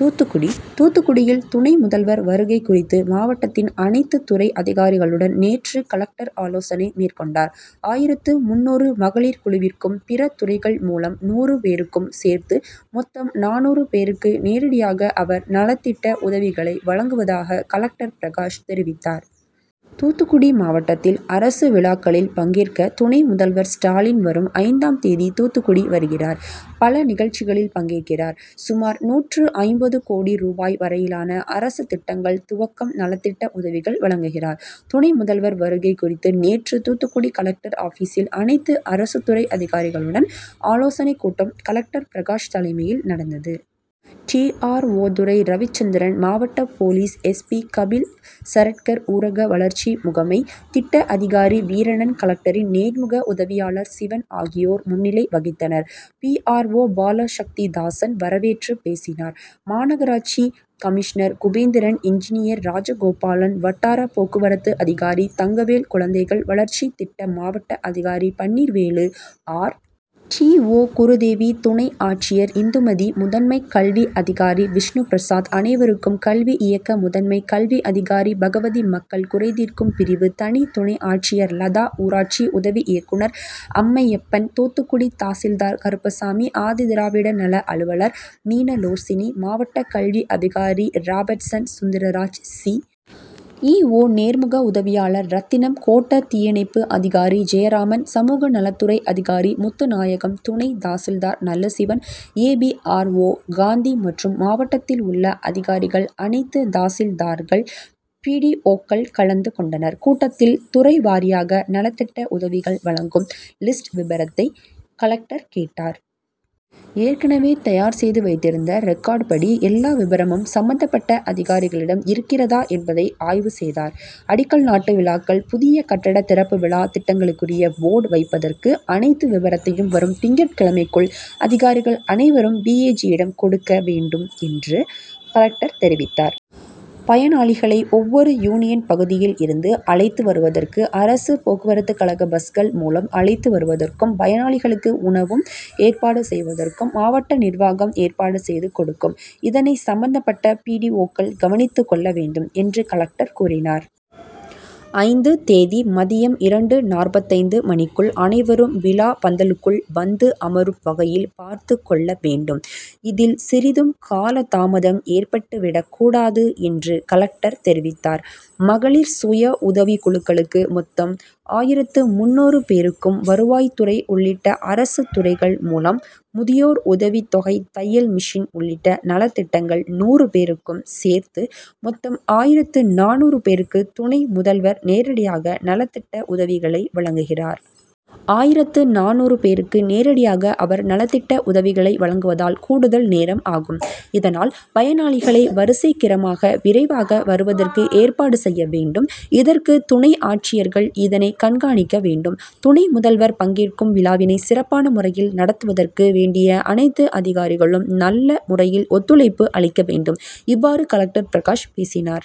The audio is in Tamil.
தூத்துக்குடி தூத்துக்குடியில் துணை முதல்வர் வருகை குறித்து மாவட்டத்தின் அனைத்து துறை அதிகாரிகளுடன் நேற்று கலெக்டர் ஆலோசனை மேற்கொண்டார். ஆயிரத்து முன்னூறு மகளிர் குழுவிற்கும் பிற துறைகள் மூலம் நூறு பேருக்கும் சேர்த்து மொத்தம் நானூறு பேருக்கு நேரடியாக அவர் நலத்திட்ட உதவிகளை வழங்குவதாக கலெக்டர் பிரகாஷ் தெரிவித்தார். தூத்துக்குடி மாவட்டத்தில் அரசு விழாக்களில் பங்கேற்க துணை முதல்வர் ஸ்டாலின் வரும் ஐந்தாம் தேதி தூத்துக்குடி வருகிறார். பல நிகழ்ச்சிகளில் பங்கேற்கிறார். சுமார் நூற்று ஐம்பது கோடி ரூபாய் வரையிலான அரசு திட்டங்கள் துவக்கம் நலத்திட்ட உதவிகள் வழங்குகிறார். துணை முதல்வர் வருகை குறித்து நேற்று தூத்துக்குடி கலெக்டர் ஆபிசில் அனைத்து அரசுத்துறை அதிகாரிகளுடன் ஆலோசனை கூட்டம் கலெக்டர் பிரகாஷ் தலைமையில் நடந்தது. D. R. O Durai. Ravichandran மாவட்ட police S. P Kapil Saratkar ஊரக வளர்ச்சி முகமை திட்ட அதிகாரி வீரனன் கலெக்டரின் நேர்முக உதவியாளர் சிவன் ஆகியோர் முன்னிலை வகித்தனர். பி. ஆர். ஓ பாலசக்திதாசன் வரவேற்றுப் பேசினார். மாநகராட்சி கமிஷனர் குபேந்திரன் இன்ஜினியர் ராஜகோபாலன் வட்டார போக்குவரத்து அதிகாரி தங்கவேல் குழந்தைகள் வளர்ச்சி திட்ட மாவட்ட அதிகாரி Panneervelu R. D. O Gurudevi துணை ஆட்சியர் இந்துமதி முதன்மை கல்வி அதிகாரி விஷ்ணுபிரசாத் அனைவருக்கும் கல்வி இயக்க முதன்மை கல்வி அதிகாரி பகவதி மக்கள் குறைதீர்க்கும் பிரிவு தனி துணை ஆட்சியர் லதா ஊராட்சி உதவி இயக்குநர் அம்மையப்பன் தூத்துக்குடி தாசில்தார் கருப்பசாமி ஆதிதிராவிட நல அலுவலர் மீனலோசினி மாவட்ட கல்வி அதிகாரி ராபர்ட்சன் சுதந்திரராஜ் சி. இ. ஓ நேர்முக உதவியாளர் ரத்தினம் கோட்ட தீயணைப்பு அதிகாரி ஜெயராமன் சமூகநலத்துறை அதிகாரி முத்துநாயகம் துணை தாசில்தார் Nallasivan A. P. R. O Gandhi மற்றும் மாவட்டத்தில் உள்ள அதிகாரிகள் அனைத்து தாசில்தார்கள் பி. டி. ஓக்கள் கலந்து கொண்டனர். கூட்டத்தில் துறைவாரியாக நலத்திட்ட உதவிகள் வழங்கும் லிஸ்ட் விபரத்தை கலெக்டர் கேட்டார். ஏற்கனவே தயார் செய்து வைத்திருந்த ரிக்கார்டு படி எல்லா விபரமும் சம்பந்தப்பட்ட அதிகாரிகளிடம் இருக்கிறதா என்பதை ஆய்வு செய்தார். அடிக்கல் நாட்டு விழாக்கள் புதிய கட்டட திறப்பு விழா திட்டங்களுக்குரிய போர்டு வைப்பதற்கு அனைத்து விபரத்தையும் வரும் திங்கட்கிழமைக்குள் அதிகாரிகள் அனைவரும் பி. ஏ. ஜியிடம் கொடுக்க வேண்டும் என்று கலெக்டர் தெரிவித்தார். பயனாளிகளை ஒவ்வொரு யூனியன் பகுதியில் இருந்து அழைத்து வருவதற்கு அரசு போக்குவரத்துகழக பஸ்கள் மூலம் அழைத்து வருவதற்கும் பயனாளிகளுக்கு உணவும் ஏற்பாடு செய்துவதற்கும் மாவட்ட நிர்வாகம் ஏற்பாடு செய்து கொடுக்கும். இதனை சம்பந்தப்பட்ட பி. டி. ஓக்கள் கவனித்து கொள்ள வேண்டும் என்று கலெக்டர் கூறினார். ஐந்து தேதி மதியம் இரண்டு.நாற்பத்தைந்து மணிக்குள் அனைவரும் விழா பந்தலுக்குள் வந்து அமரும் வகையில் பார்த்து கொள்ள வேண்டும். இதில் சிறிதும் காலதாமதம் ஏற்பட்டு விடக் கூடாது என்று கலெக்டர் தெரிவித்தார். மகளிர் சுய உதவிக்குழுக்களுக்கு மொத்தம் ஆயிரத்து முன்னூறு பேருக்கும் வருவாய்துறை உள்ளிட்ட அரசு துறைகள் மூலம் முதியோர் உதவித் தொகை தையல் மிஷின் உள்ளிட்ட நலத்திட்டங்கள் நூறு பேருக்கும் சேர்த்து மொத்தம் ஆயிரத்து நானூறு பேருக்கு துணை முதல்வர் நேரடியாக நலத்திட்ட உதவிகளை வழங்குகிறார். ஆயிரத்து நானூறு பேருக்கு நேரடியாக அவர் நலத்திட்ட உதவிகளை வழங்குவதால் கூடுதல் நேரம் ஆகும். இதனால் பயனாளிகளை வரிசைக்கிரமாக விரைவாக வருவதற்கு ஏற்பாடு செய்ய வேண்டும். இதற்கு துணை ஆட்சியர்கள் இதனை கண்காணிக்க வேண்டும். துணை முதல்வர் பங்கேற்கும் விழாவினை சிறப்பான முறையில் நடத்துவதற்கு வேண்டிய அனைத்து அதிகாரிகளும் நல்ல முறையில் ஒத்துழைப்பு அளிக்க வேண்டும். இவ்வாறு கலெக்டர் பிரகாஷ் பேசினார்.